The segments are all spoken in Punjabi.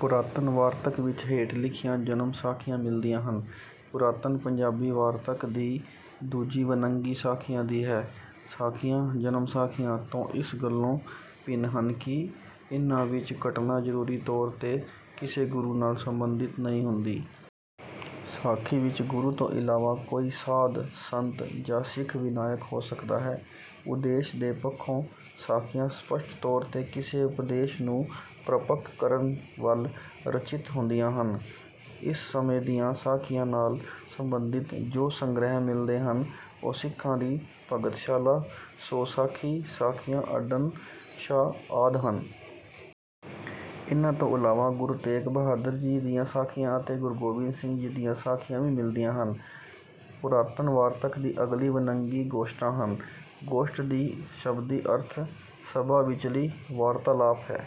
ਪੁਰਾਤਨ ਵਾਰਤਕ ਵਿੱਚ ਹੇਠ ਲਿਖੀਆਂ ਜਨਮਸਾਖੀਆਂ ਮਿਲਦੀਆਂ ਹਨ। ਪੁਰਾਤਨ ਪੰਜਾਬੀ ਵਾਰਤਕ ਦੀ ਦੂਜੀ ਵੰਨਗੀ ਸਾਖੀਆਂ ਦੀ ਹੈ। ਸਾਖੀਆਂ ਜਨਮਸਾਖੀਆਂ ਤੋਂ ਇਸ ਗੱਲੋਂ ਭਿੰਨ ਹਨ ਕਿ ਇਨ੍ਹਾਂ ਵਿੱਚ ਘਟਨਾ ਜ਼ਰੂਰੀ ਤੌਰ ’ਤੇ ਕਿਸੇ ਗੁਰੂ ਨਾਲ ਸੰਬੰਧਿਤ ਨਹੀਂ ਹੁੰਦੀ। ਸਾਖੀ ਵਿੱਚ ਗੁਰੂ ਤੋਂ ਇਲਾਵਾ ਕੋਈ ਸਾਧ, ਸੰਤ ਜਾਂ ਸਿੱਖ ਵੀ ਨਾਇਕ ਹੋ ਸਕਦਾ ਹੈ। ਉਦੇਸ਼ ਦੇ ਪੱਖੋਂ ਸਾਖੀਆਂ ਸਪੱਸ਼ਟ ਤੌਰ ’ਤੇ ਕਿਸੇ ਉਪਦੇਸ਼ ਨੂੰ ਪ੍ਰਪੱਕ ਕਰਨ ਵੱਲ ਰੁਚਿਤ ਹੁੰਦੀਆਂ ਹਨ। ਇਸ ਸਮੇਂ ਦੀਆਂ ਸਾਖੀਆਂ ਨਾਲ ਸੰਬੰਧਿਤ ਜੋ ਸੰਗ੍ਰਹਿ ਮਿਲਦੇ ਹਨ, ਉਹ ‘ਸਿੱਖਾਂ ਦੀ ਭਗਤਮਾਲਾ’, ‘ਸੌ ਸਾਖੀ’, ‘ਸਾਖੀਆਂ ਅੱਡਣ ਸ਼ਾਹ’ ਆਦਿ ਹਨ। ਇਨ੍ਹਾਂ ਤੋਂ ਇਲਾਵਾ ਗੁਰੂ ਤੇਗ ਬਹਾਦਰ ਜੀ ਦੀਆਂ ਸਾਖੀਆਂ ਅਤੇ ਗੁਰੂ ਗੋਬਿੰਦ ਸਿੰਘ ਜੀ ਦੀਆਂ ਸਾਖੀਆਂ ਵੀ ਮਿਲਦੀਆਂ ਹਨ। ਪੁਰਾਤਨ ਵਾਰਤਕ ਦੀ ਅਗਲੀ ਵੰਨਗੀ ਗੋਸ਼ਟਾਂ ਹਨ। ਗੋਸ਼ਟਿ ਦਾ ਸ਼ਬਦੀ ਅਰਥ “ਸਭਾ ਵਿਚਲੀ ਵਾਰਤਾਲਾਪ” ਹੈ।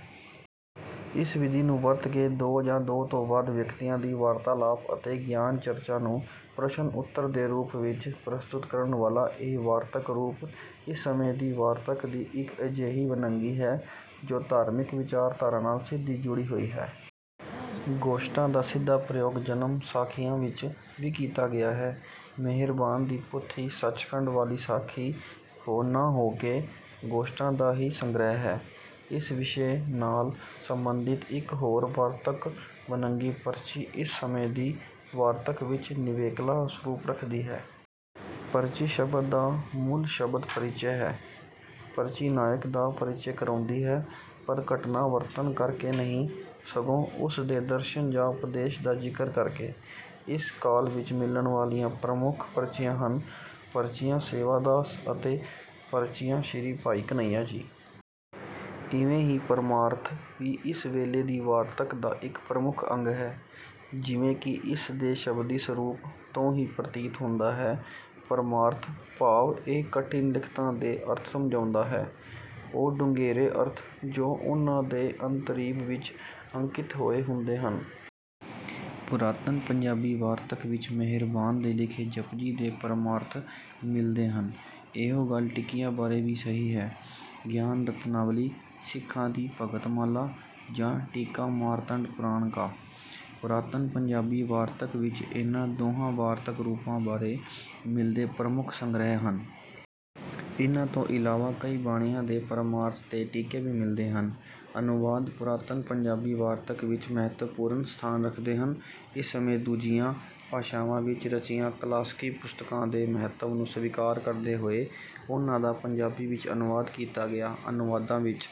ਇਸ ਵਿਧੀ ਨੂੰ ਵਰਤ ਕੇ ਦੋ ਜਾਂ ਦੋ ਤੋਂ ਵੱਧ ਵਿਅਕਤੀਆਂ ਦੀ ਵਾਰਤਾਲਾਪ ਅਤੇ ਗਿਆਨ-ਚਰਚਾ ਨੂੰ ਪ੍ਰਸ਼ਨ-ਉੱਤਰ ਦੇ ਰੂਪ ਵਿੱਚ ਪ੍ਰਸਤੁਤ ਕਰਨ ਵਾਲਾ ਇਹ ਵਾਰਤਕ ਰੂਪ ਇਸ ਸਮੇਂ ਦੀ ਵਾਰਤਕ ਦੀ ਇੱਕ ਅਜਿਹੀ ਵੰਨਗੀ ਹੈ, ਜੋ ਧਾਰਮਿਕ ਵਿਚਾਰਧਾਰਾ ਨਾਲ ਸਿੱਧੀ ਜੁੜੀ ਹੋਈ ਹੈ। ਗੋਸ਼ਟਾਂ ਦਾ ਸਿੱਧਾ ਪ੍ਰਯੋਗ ਜਨਮਸਾਖੀਆਂ ਵਿੱਚ ਵੀ ਕੀਤਾ ਗਿਆ ਹੈ। ਮਿਹਰਬਾਨ ਦੀ ਪੋਥੀ ਸਚਖੰਡ ਵਾਲੀ ਸਾਖੀ ਨਾ ਹੋ ਕੇ ਗੋਸ਼ਟਾਂ ਦਾ ਹੀ ਸੰਗ੍ਰਹਿ ਹੈ। ਇਸ ਵਿਸ਼ੇ ਨਾਲ ਸੰਬੰਧਿਤ ਇੱਕ ਹੋਰ ਵਾਰਤਕ ਵੰਨਗੀ ਪਰਚੀ ਇਸ ਸਮੇਂ ਦੀ ਵਾਰਤਕ ਵਿੱਚ ਨਿਵੇਕਲਾ ਸਰੂਪ ਰੱਖਦੀ ਹੈ। ਪਰਚੀ ਸ਼ਬਦ ਦਾ ਮੂਲ ਸ਼ਬਦ ‘ਪਰਿਚਯ’ ਹੈ। ਪਰਚੀ ਨਾਇਕ ਦਾ ਪਰਿਚਯ ਕਰਵਾਉਂਦੀ ਹੈ, ਪਰ ਘਟਨਾ ਵਰਣਨ ਕਰਕੇ ਨਹੀਂ, ਸਗੋਂ ਉਸ ਦੇ ਦਰਸ਼ਨ ਜਾਂ ਉਪਦੇਸ਼ ਦਾ ਜ਼ਿਕਰ ਕਰਕੇ। ਇਸ ਕਾਲ ਵਿੱਚ ਮਿਲਣ ਵਾਲੀਆਂ ਪ੍ਰਮੁੱਖ ਪਰਚੀਆਂ ਹਨ—‘ਪਰਚੀਆਂ ਸੇਵਾ ਦਾਸ’ ਅਤੇ ‘ਪਰਚੀਆਂ ਸ੍ਰੀ ਭਾਈ ਕਨ੍ਹੱਯਾ ਜੀ’। ਇਵੇਂ ਹੀ ਪਰਮਾਰਥ ਵੀ ਇਸ ਵੇਲੇ ਦੀ ਵਾਰਤਕ ਦਾ ਇੱਕ ਪ੍ਰਮੁੱਖ ਅੰਗ ਹੈ। ਜਿਵੇਂ ਕਿ ਇਸ ਦੇ ਸ਼ਬਦੀ ਸਰੂਪ ਤੋਂ ਹੀ ਪ੍ਰਤੀਤ ਹੁੰਦਾ ਹੈ, ਪਰਮਾਰਥ ਭਾਵ ਇਹ ਕਠਿਨ ਲਿਖਤਾਂ ਦੇ ਅਰਥ ਸਮਝਾਉਂਦਾ ਹੈ; ਉਹ ਡੂੰਘੇਰੇ ਅਰਥ, ਜੋ ਉਨ੍ਹਾਂ ਦੇ ਅੰਤਰੀਵ ਵਿੱਚ ਅੰਕਿਤ ਹੋਏ ਹੁੰਦੇ ਹਨ। ਪੁਰਾਤਨ ਪੰਜਾਬੀ ਵਾਰਤਕ ਵਿੱਚ ਮਿਹਰਬਾਨ ਦੇ ਲਿਖੇ ਜਪੁਜੀ ਦੇ ਪਰਮਾਰਥ ਮਿਲਦੇ ਹਨ। ਇਹੋ ਗੱਲ ਟੀਕਿਆਂ ਬਾਰੇ ਵੀ ਸਹੀ ਹੈ। ‘ਗਿਆਨ ਰਤਨਾਵਲੀ’, ‘ਸਿੱਖਾਂ ਦੀ ਭਗਤਮਾਲਾ’ ਜਾਂ ‘ਟੀਕਾ ਮਾਰਤੰਡ ਪੁਰਾਣ ਕਾ’ ਪੁਰਾਤਨ ਪੰਜਾਬੀ ਵਾਰਤਕ ਵਿੱਚ ਇਨ੍ਹਾਂ ਦੋਹਾਂ ਵਾਰਤਕ-ਰੂਪਾਂ ਬਾਰੇ ਮਿਲਦੇ ਪ੍ਰਮੁੱਖ ਸੰਗ੍ਰਹਿ ਹਨ। ਇਨ੍ਹਾਂ ਤੋਂ ਇਲਾਵਾ ਕਈ ਬਾਣੀਆਂ ਦੇ ਪਰਮਾਰਥ ਤੇ ਟੀਕੇ ਵੀ ਮਿਲਦੇ ਹਨ। ਅਨੁਵਾਦ ਪੁਰਾਤਨ ਪੰਜਾਬੀ ਵਾਰਤਕ ਵਿੱਚ ਮਹੱਤਵਪੂਰਨ ਸਥਾਨ ਰੱਖਦੇ ਹਨ। ਇਸ ਸਮੇਂ ਦੂਜੀਆਂ ਭਾਸ਼ਾਵਾਂ ਵਿੱਚ ਰਚੀਆਂ ਕਲਾਸਕੀ ਪੁਸਤਕਾਂ ਦੇ ਮਹੱਤਵ ਨੂੰ ਸਵੀਕਾਰ ਕਰਦੇ ਹੋਏ ਉਨ੍ਹਾਂ ਦਾ ਪੰਜਾਬੀ ਵਿੱਚ ਅਨੁਵਾਦ ਕੀਤਾ ਗਿਆ। ਅਨੁਵਾਦਾਂ ਵਿੱਚ...